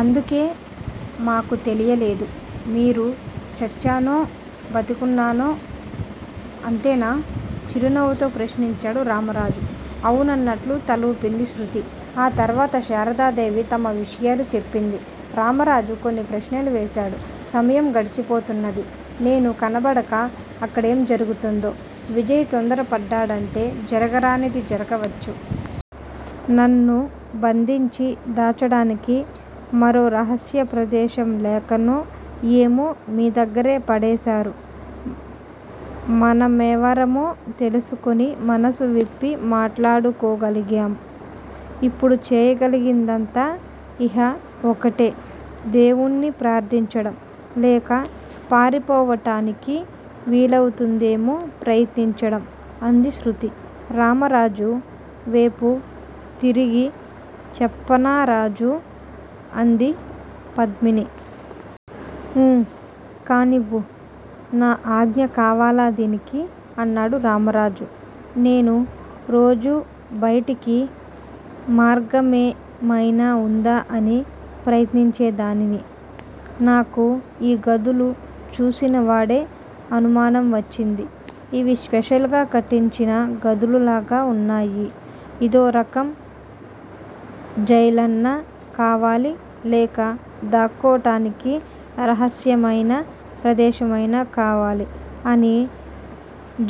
అందుకే మాకు తెలియలేదు, మీరు చచ్చానో బతికున్నానో అంతేనా? చిరునవ్వుతో ప్రశ్నించాడు రామరాజు. అవునన్నట్లు తలవూపింది శృతి ఆ తర్వాత శారదాదేవి తమ విషయాలు చెప్పింది. రామరాజు కొన్ని ప్రశ్నలు వేశాడు. సమయం గడిచిపోతున్నది. నేను కనపడక అక్కడేం జరుగుతుందో? విజయ్ తొందర పడ్డడంటే జరగరానిది జరగవచ్చు. నన్ను బంధించి దాచడానికి మరో రహస్య ప్రదేశం లేకనో ఏమో మీదగ్గరే పడేశారు. మన మెవరమో తెలుసుకుని మనసువిప్పి మాట్లాడుకోగలిగాం. ఇప్పుడు చేయగలిగిందా ఇహ ఒకటే. దేవుణ్ణి ప్రార్దించటం, లేక పారిపోవటానికి వీలవుతుందేమో ప్రయత్నించటం అంది శృతి. రామరాజు వేపు తిరిగి చెప్పనారాజూ? అంది పద్మిని. ఊ కానియ్యి. నా ఆజ్ఞ కావాలా దీనికి? అన్నాడు రామరాజు. నేను రోజూ బైటకి మార్గమేమయినా వుందా అని ప్రయత్నించేదానిని. నాకు ఈ గదులు చూసినవాడే అనుమానం వచ్చింది. ఇవి స్పెషల్ గా కట్టించిన గదులలాగా వున్నాయి. ఇదోరకంజైలన్నా కావాలి లేక దాక్కోటానికి రహస్యమైన ప్రదేశమైనా కావాలి అని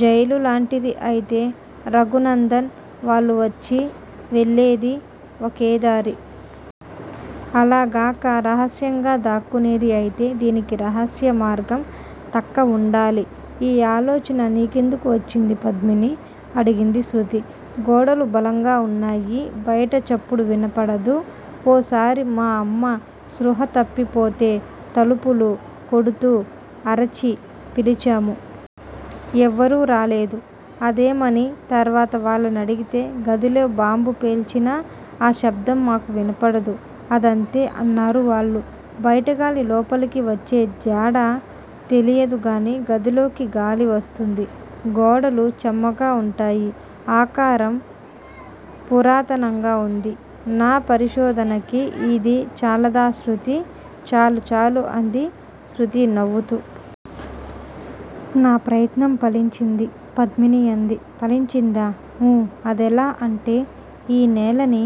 జైలు లాంటిది అయితే రఘునందన్ వాళ్ళు వచ్చి వెళ్ళేది ఒకేదారి. అలాగాక రహస్యంగా దాక్కునేది అయితే దీనికి రహస్య మార్గం తక్క వుండాలి ఈ ఆలోచన నీ కెందుకు వచ్చింది పద్మినీ! అడిగింది శృతి. గోడలు బలంగా వున్నాయి. బైట చప్పుడు వినపడదు ఓ సారి మా అమ్మ స్పృహ తప్పిపోతే తలుపులు కొడుతూ అరచి పిలిచాము. ఎవరూ రాలేదు. అదేమని తర్వాత వాళ్ళనడిగితే గదిలో బాంబు పేల్చినా ఆ శబ్దం మాకు వినపడదు అదంతే అన్నారు వాళ్ళు. బైటగాలి లోపలికి వచ్చేజాడ తెలియదుగాని గదిలోకి గాలివస్తుంది. గోడలు చెమ్మగా వుంటాయి. ఆకారం పురాతనంగా వుంది. నా పరిశోధనకి ఇది చాలాదా శృతీ. చాలు చాలు అంది శృతి నవ్వుతూ! నా ప్రయత్నం ఫలించింది. పద్మిని అంది. ఫలించిందా? ఊ అదెలా అంటే ఈ నేలని,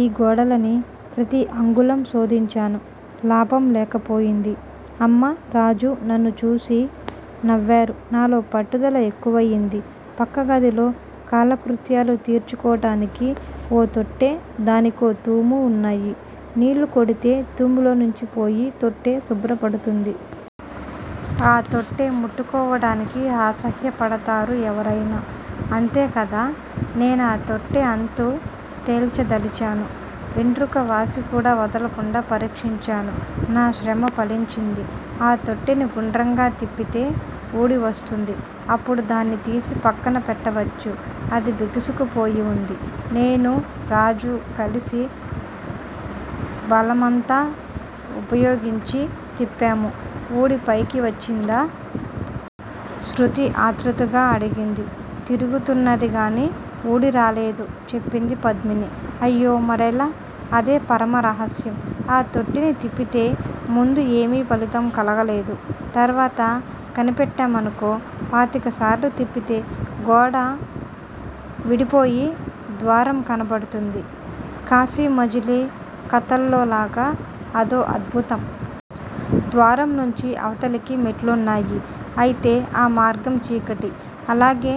ఈ గోడలని ప్రతి అంగుళం శోధించాను. లాభం లేకపోయింది. అమ్మ, రాజు నన్నుచూసి నవ్వారు. నాలో పట్టుదల ఎక్కువయింది. పక్కగదిలో కాలకృత్యాలు తీర్చుకోటానికి ఓ తొట్టె, దానికో తూము వున్నాయి నీళ్ళు కొడితే తూములోంచి పోయి తొట్టె శుభ్రపడుతుంది. ఆ తొట్టె ముట్టుకోటానికి అసహ్యపడతారు ఎవరయినా, అంతేకదా నేనా తొట్టె అంతు తెల్చదలిచాను. వెంట్రుకవాసికూడా వదలకుండా పరీక్షించాను. నా శ్రమ ఫలించింది. ఆ తొట్టెని గుండ్రంగా తిప్పితే వూడివస్తుంది. అప్పుడు దాన్ని తీసి పక్కన పెట్టవచ్చు అది బిగుసుపోయి వుంది. నేను రాజు కలసి బలమంతా వుపయోగించి తిప్పాము ఊడి పైకి వచ్చిందా! శృతి ఆతృతగా అడిగింది. తిరుగుతున్నది గాని వూడిరాలేదు చెప్పింది పద్మిని. అయ్యో, మరెలా? అదే పరమ రహస్యం. ఆ తొట్టెని తిప్పితే ముందు ఏమీ ఫలితం కలగలేదు. తర్వాత కనిపెట్టామనుకో, పాతిక సార్లు తిప్పితే గోడ విడిపోయి ద్వారం కనబడుతుంది. కాశీమజిలీ కథల్లోలాగా అదో అద్భుతం. ద్వారం నుంచి అవతలికి మెట్లున్నాయి. అయితే ఆ మార్గం చీకటి. అలాగే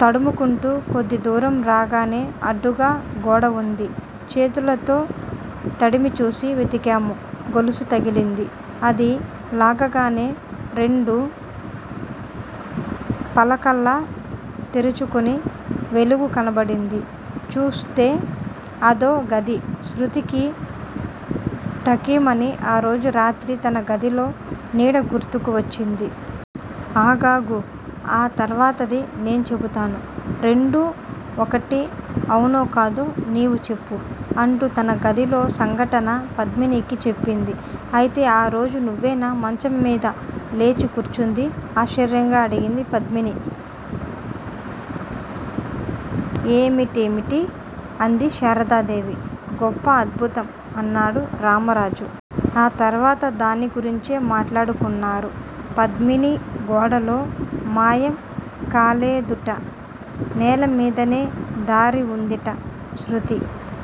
తడుముకుంటూ కొద్దిదూరం రాగానే అడ్డుగా గోడవుంది. చేతులతో తడిమిచూసి వెతికాము. గొలుసు తగిలింది. అది లాగగానే రెండు పలకల్లా తెరుచుకుని వెలుగు కనపడింది. చూస్తె అదో గది శృతికి టాకీమని ఆ రోజు రాత్రి తన గదిలో నీడ గుర్తుకు వచ్చింది. ఆగాగు. ఆ తర్వాతది నే చెపుతాను, రెండూ ఒకటి అవునోకాదో నీవు చెప్పు. అంటూ తన గదిలో సంఘటన పద్మినికి చెప్పింది. అయితే, ఆ రోజు నువ్వేనా మంచంమీద లేచి కూర్చుంది? ఆశ్చర్యంగా అడిగింది పద్మిని. ఏమిటీమిటీ? అంది శారదాదేవి. గొప్ప అద్భుతం. అన్నాడు రామరాజు. ఆ తర్వాత దాన్ని గురించే మాట్లాడుకున్నారు. పద్మిని గోడలో మాయం కాలేదుట. నేలమీదనే దారి వుందిట. శృతి